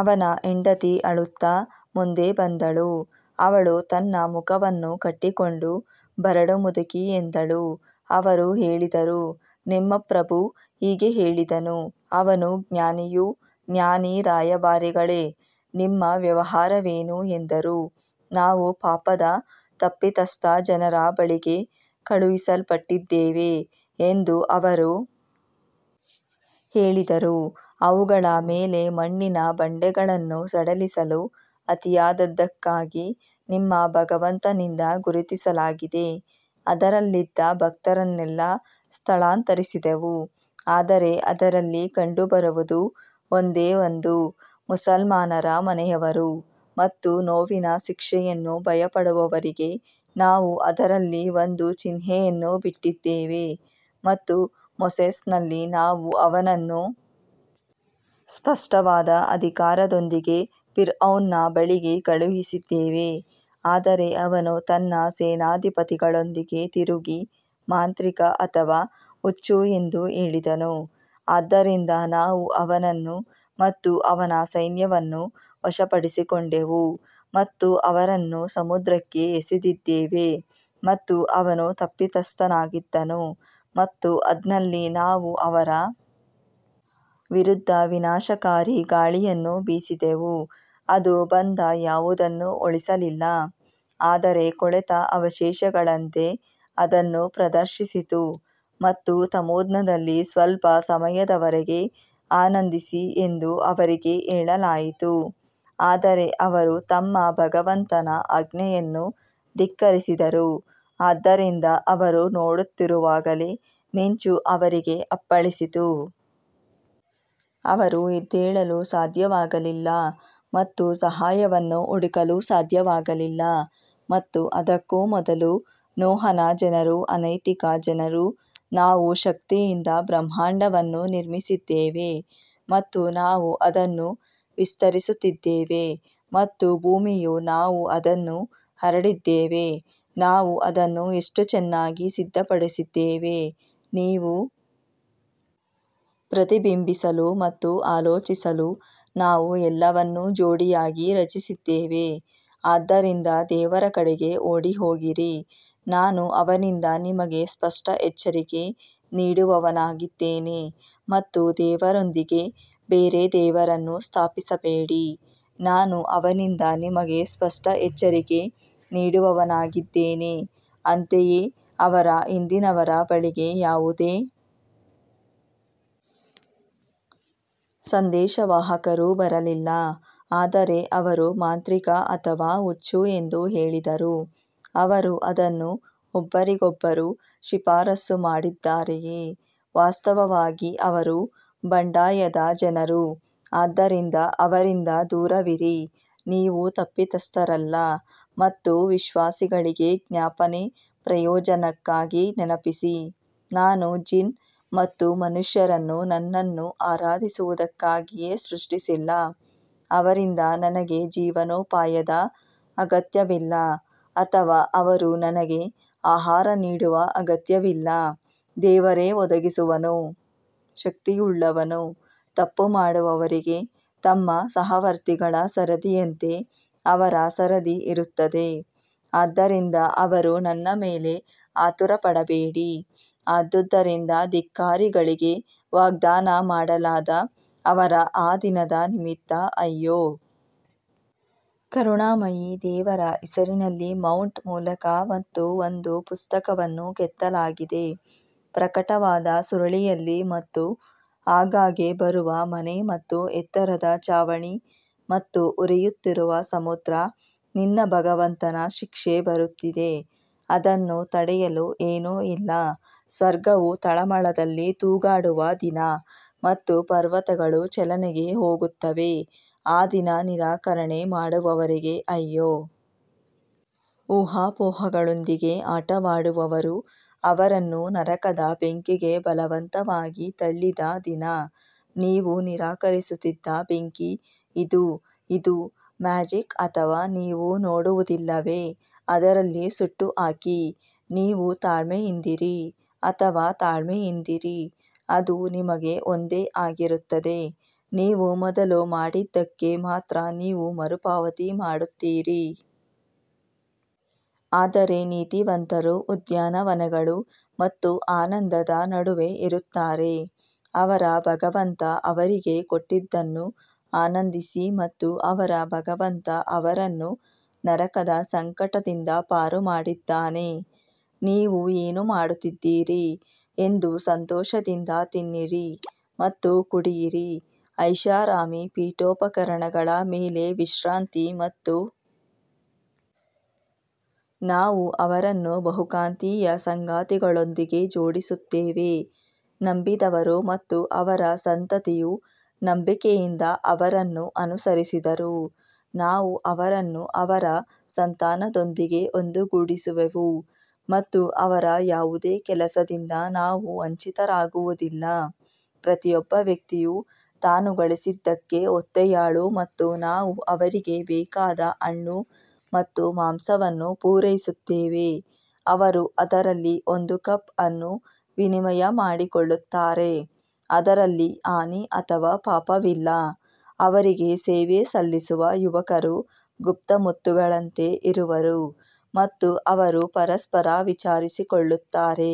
ಅವನ ಹೆಂಡತಿ ಅಳುತ್ತಾ ಮುಂದೆ ಬಂದಳು ಅವಳು ತನ್ನ ಮುಖವನ್ನು ಕಟ್ಟಿಕೊಂಡು ಬರಡು ಮುದುಕಿ ಎಂದಳು ಅವರು ಹೇಳಿದರು ನಿಮ್ಮ ಪ್ರಭು ಹೀಗೆ ಹೇಳಿದನು ಅವನು ಜ್ಞಾನಿಯು ಜ್ಞಾನಿ ರಾಯಭಾರಿಗಳೇ ನಿಮ್ಮ ವ್ಯವಹಾರವೇನು ಎಂದರು ನಾವು ಪಾಪದ ತಪ್ಪಿತಸ್ಥ ಜನರ ಬಳಿಗೆ ಕಳುಹಿಸಲ್ಪಟ್ಟಿದ್ದೇವೆ ಎಂದು ಅವರು ಹೇಳಿದರು ಅವುಗಳ ಮೇಲೆ ಮಣ್ಣಿನ ಬಂಡೆಗಳನ್ನು ಸಡಿಲಿಸಲು ಅತಿಯಾದದ್ದಕ್ಕಾಗಿ ನಿಮ್ಮ ಭಗವಂತನಿಂದ ಗುರುತಿಸಲಾಗಿದೆ ಅದರಲ್ಲಿದ್ದ ಭಕ್ತರನ್ನೆಲ್ಲ ಸ್ಥಳಾಂತರಿಸಿದೆವು ಆದರೆ ಅದರಲ್ಲಿ ಕಂಡುಬರುವುದು ಒಂದೇ ಒಂದು ಮುಸಲ್ಮಾನರ ಮನೆಯವರು ಮತ್ತು ನೋವಿನ ಶಿಕ್ಷೆಯನ್ನು ಭಯಪಡುವವರಿಗೆ ನಾವು ಅದರಲ್ಲಿ ಒಂದು ಚಿಹ್ನೆಯನ್ನು ಬಿಟ್ಟಿದ್ದೇವೆ ಮತ್ತು ಮೋಸೆಸ್ನಲ್ಲಿ ನಾವು ಅವನನ್ನು ಸ್ಪಷ್ಟವಾದ ಅಧಿಕಾರದೊಂದಿಗೆ ಫಿರ್ಔನ್ನ ಬಳಿಗೆ ಕಳುಹಿಸಿದ್ದೇವೆ ಆದರೆ ಅವನು ತನ್ನ ಸೇನಾಧಿಪತಿಗಳೊಂದಿಗೆ ತಿರುಗಿ ಮಾಂತ್ರಿಕ ಅಥವಾ ಹುಚ್ಚು ಎಂದು ಹೇಳಿದನು ಆದ್ದರಿಂದ ನಾವು ಅವನನ್ನು ಮತ್ತು ಅವನ ಸೈನ್ಯವನ್ನು ವಶಪಡಿಸಿಕೊಂಡೆವು ಮತ್ತು ಅವರನ್ನು ಸಮುದ್ರಕ್ಕೆ ಎಸೆದಿದ್ದೇವೆ ಮತ್ತು ಅವನು ತಪ್ಪಿತಸ್ಥನಾಗಿದ್ದನು ಮತ್ತು ಆದ್ನಲ್ಲಿ ನಾವು ಅವರ ವಿರುದ್ಧ ವಿನಾಶಕಾರಿ ಗಾಳಿಯನ್ನು ಬೀಸಿದೆವು ಅದು ಬಂದ ಯಾವುದನ್ನೂ ಉಳಿಸಲಿಲ್ಲ ಆದರೆ ಕೊಳೆತ ಅವಶೇಷಗಳಂತೆ ಅದನ್ನು ಪ್ರದರ್ಶಿಸಿತು ಮತ್ತು ತಮೂದ್ನಲ್ಲಿ ಸ್ವಲ್ಪ ಸಮಯದವರೆಗೆ ಆನಂದಿಸಿ ಎಂದು ಅವರಿಗೆ ಹೇಳಲಾಯಿತು ಆದರೆ ಅವರು ತಮ್ಮ ಭಗವಂತನ ಆಜ್ಞೆಯನ್ನು ಧಿಕ್ಕರಿಸಿದರು, ಆದ್ದರಿಂದ ಅವರು ನೋಡುತ್ತಿರುವಾಗಲೇ ಮಿಂಚು ಅವರಿಗೆ ಅಪ್ಪಳಿಸಿತು ಅವರು ಎದ್ದೇಳಲು ಸಾಧ್ಯವಾಗಲಿಲ್ಲ ಮತ್ತು ಸಹಾಯವನ್ನು ಹುಡುಕಲು ಸಾಧ್ಯವಾಗಲಿಲ್ಲ ಮತ್ತು ಅದಕ್ಕೂ ಮೊದಲು ನೋಹನ ಜನರು ಅನೈತಿಕ ಜನರು ನಾವು ಶಕ್ತಿಯಿಂದ ಬ್ರಹ್ಮಾಂಡವನ್ನು ನಿರ್ಮಿಸಿದ್ದೇವೆ ಮತ್ತು ನಾವು ಅದನ್ನು ವಿಸ್ತರಿಸುತ್ತಿದ್ದೇವೆ ಮತ್ತು ಭೂಮಿಯು ನಾವು ಅದನ್ನು ಹರಡಿದ್ದೇವೆ ನಾವು ಅದನ್ನು ಎಷ್ಟು ಚೆನ್ನಾಗಿ ಸಿದ್ಧಪಡಿಸಿದ್ದೇವೆ ನೀವು ಪ್ರತಿಬಿಂಬಿಸಲು ಮತ್ತು ಆಲೋಚಿಸಲು ನಾವು ಎಲ್ಲವನ್ನೂ ಜೋಡಿಯಾಗಿ ರಚಿಸಿದ್ದೇವೆ ಆದ್ದರಿಂದ ದೇವರ ಕಡೆಗೆ ಓಡಿಹೋಗಿರಿ, ನಾನು ಅವನಿಂದ ನಿಮಗೆ ಸ್ಪಷ್ಟ ಎಚ್ಚರಿಕೆ ನೀಡುವವನಾಗಿದ್ದೇನೆ ಮತ್ತು ದೇವರೊಂದಿಗೆ ಬೇರೆ ದೇವರನ್ನು ಸ್ಥಾಪಿಸಬೇಡಿ, ನಾನು ಅವನಿಂದ ನಿಮಗೆ ಸ್ಪಷ್ಟ ಎಚ್ಚರಿಕೆ ನೀಡುವವನಾಗಿದ್ದೇನೆ ಅಂತೆಯೇ ಅವರ ಹಿಂದಿನವರ ಬಳಿಗೆ ಯಾವುದೇ ಸಂದೇಶವಾಹಕರು ಬರಲಿಲ್ಲ ಆದರೆ ಅವರು ಮಾಂತ್ರಿಕ ಅಥವಾ ಹುಚ್ಚು ಎಂದು ಹೇಳಿದರು ಅವರು ಅದನ್ನು ಒಬ್ಬರಿಗೊಬ್ಬರು ಶಿಫಾರಸು ಮಾಡಿದ್ದಾರೆಯೇ ವಾಸ್ತವವಾಗಿ ಅವರು ಬಂಡಾಯದ ಜನರು ಆದ್ದರಿಂದ ಅವರಿಂದ ದೂರವಿರಿ, ನೀವು ತಪ್ಪಿತಸ್ಥರಲ್ಲ ಮತ್ತು ವಿಶ್ವಾಸಿಗಳಿಗೆ ಜ್ಞಾಪನೆ ಪ್ರಯೋಜನಕ್ಕಾಗಿ ನೆನಪಿಸಿ ನಾನು ಜಿನ್ ಮತ್ತು ಮನುಷ್ಯರನ್ನು ನನ್ನನ್ನು ಆರಾಧಿಸುವುದಕ್ಕಾಗಿಯೇ ಸೃಷ್ಟಿಸಿಲ್ಲ ಅವರಿಂದ ನನಗೆ ಜೀವನೋಪಾಯದ ಅಗತ್ಯವಿಲ್ಲ ಅಥವಾ ಅವರು ನನಗೆ ಆಹಾರ ನೀಡುವ ಅಗತ್ಯವಿಲ್ಲ ದೇವರೇ ಒದಗಿಸುವವನು ಶಕ್ತಿಯುಳ್ಳವನು ತಪ್ಪು ಮಾಡುವವರಿಗೆ ತಮ್ಮ ಸಹವರ್ತಿಗಳ ಸರದಿಯಂತೆ ಅವರ ಸರದಿ ಇರುತ್ತದೆ ಆದ್ದರಿಂದ ಅವರು ನನ್ನ ಮೇಲೆ ಆತುರಪಡಬೇಡಿ ಆದುದರಿಂದ ಧಿಕ್ಕಾರಿಗಳಿಗೆ ವಾಗ್ದಾನ ಮಾಡಲಾದ ಅವರ ಆ ದಿನದ ನಿಮಿತ್ತ ಅಯ್ಯೋ! ಕರುಣಾಮಯಿ ದೇವರ ಹೆಸರಿನಲ್ಲಿ ಮೌಂಟ್ ಮೂಲಕ ಮತ್ತು ಒಂದು ಪುಸ್ತಕವನ್ನು ಕೆತ್ತಲಾಗಿದೆ ಪ್ರಕಟವಾದ ಸುರುಳಿಯಲ್ಲಿ ಮತ್ತು ಆಗಾಗ್ಗೆ ಬರುವ ಮನೆ ಮತ್ತು ಎತ್ತರದ ಛಾವಣಿ ಮತ್ತು ಉರಿಯುತ್ತಿರುವ ಸಮುದ್ರ ನಿನ್ನ ಭಗವಂತನ ಶಿಕ್ಷೆ ಬರುತ್ತಿದೆ ಅದನ್ನು ತಡೆಯಲು ಏನೂ ಇಲ್ಲ ಸ್ವರ್ಗವು ತಳಮಳದಲ್ಲಿ ತೂಗಾಡುವ ದಿನ ಮತ್ತು ಪರ್ವತಗಳು ಚಲನೆಗೆ ಹೋಗುತ್ತವೆ ಆ ದಿನ ನಿರಾಕರಣೆ ಮಾಡುವವರಿಗೆ ಅಯ್ಯೋ! ಊಹಾಪೋಹಗಳೊಂದಿಗೆ ಆಟವಾಡುವವರು ಅವರನ್ನು ನರಕದ ಬೆಂಕಿಗೆ ಬಲವಂತವಾಗಿ ತಳ್ಳಿದ ದಿನ ನೀವು ನಿರಾಕರಿಸುತ್ತಿದ್ದ ಬೆಂಕಿ ಇದು ಇದು ಮ್ಯಾಜಿಕ್ ಅಥವಾ ನೀವು ನೋಡುವುದಿಲ್ಲವೇ ಅದರಲ್ಲಿ ಸುಟ್ಟುಹಾಕಿ, ನೀವು ತಾಳ್ಮೆಯಿಂದಿರಿ ಅಥವಾ ತಾಳ್ಮೆಯಿಂದಿರಿ, ಅದು ನಿಮಗೆ ಒಂದೇ ಆಗಿರುತ್ತದೆ, ನೀವು ಮೊದಲು ಮಾಡಿದ್ದಕ್ಕೆ ಮಾತ್ರ ನೀವು ಮರುಪಾವತಿ ಮಾಡುತ್ತೀರಿ. ಆದರೆ ನೀತಿವಂತರು ಉದ್ಯಾನವನಗಳು ಮತ್ತು ಆನಂದದ ನಡುವೆ ಇರುತ್ತಾರೆ ಅವರ ಭಗವಂತ ಅವರಿಗೆ ಕೊಟ್ಟದ್ದನ್ನು ಆನಂದಿಸಿ ಮತ್ತು ಅವರ ಭಗವಂತ ಅವರನ್ನು ನರಕದ ಸಂಕಟದಿಂದ ಪಾರು ಮಾಡಿದ್ದಾನೆ ನೀವು ಏನು ಮಾಡುತ್ತಿದ್ದೀರಿ ಎಂದು ಸಂತೋಷದಿಂದ ತಿನ್ನಿರಿ ಮತ್ತು ಕುಡಿಯಿರಿ ಐಷಾರಾಮಿ ಪೀಠೋಪಕರಣಗಳ ಮೇಲೆ ವಿಶ್ರಾಂತಿ ಮತ್ತು ನಾವು ಅವರನ್ನು ಬಹುಕಾಂತೀಯ ಸಂಗಾತಿಗಳೊಂದಿಗೆ ಜೋಡಿಸುತ್ತೇವೆ ನಂಬಿದವರು ಮತ್ತು ಅವರ ಸಂತತಿಯು ನಂಬಿಕೆಯಿಂದ ಅವರನ್ನು ಅನುಸರಿಸಿದರು ನಾವು ಅವರನ್ನು ಅವರ ಸಂತಾನದೊಂದಿಗೆ ಒಂದುಗೂಡಿಸುವೆವು ಮತ್ತು ಅವರ ಯಾವುದೇ ಕೆಲಸದಿಂದ ನಾವು ವಂಚಿತರಾಗುವುದಿಲ್ಲ ಪ್ರತಿಯೊಬ್ಬ ವ್ಯಕ್ತಿಯು ತಾನು ಗಳಿಸಿದ್ದಕ್ಕೆ ಒತ್ತೆಯಾಳು ಮತ್ತು ನಾವು ಅವರಿಗೆ ಬೇಕಾದ ಹಣ್ಣು ಮತ್ತು ಮಾಂಸವನ್ನು ಪೂರೈಸುತ್ತೇವೆ ಅವರು ಅದರಲ್ಲಿ ಒಂದು ಕಪ್ ಅನ್ನು ವಿನಿಮಯ ಮಾಡಿಕೊಳ್ಳುತ್ತಾರೆ, ಅದರಲ್ಲಿ ಹಾನಿ ಅಥವಾ ಪಾಪವಿಲ್ಲ ಅವರಿಗೆ ಸೇವೆ ಸಲ್ಲಿಸುವ ಯುವಕರು ಗುಪ್ತ ಮುತ್ತುಗಳಂತೆ ಇರುವರು ಮತ್ತು ಅವರು ಪರಸ್ಪರ ವಿಚಾರಿಸಿಕೊಳ್ಳುತ್ತಾರೆ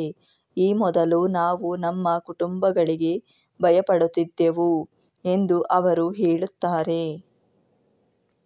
ಈ ಮೊದಲು ನಾವು ನಮ್ಮ ಕುಟುಂಬಗಳಿಗೆ ಭಯಪಡುತ್ತಿದ್ದೆವು ಎಂದು ಅವರು ಹೇಳುತ್ತಾರೆ.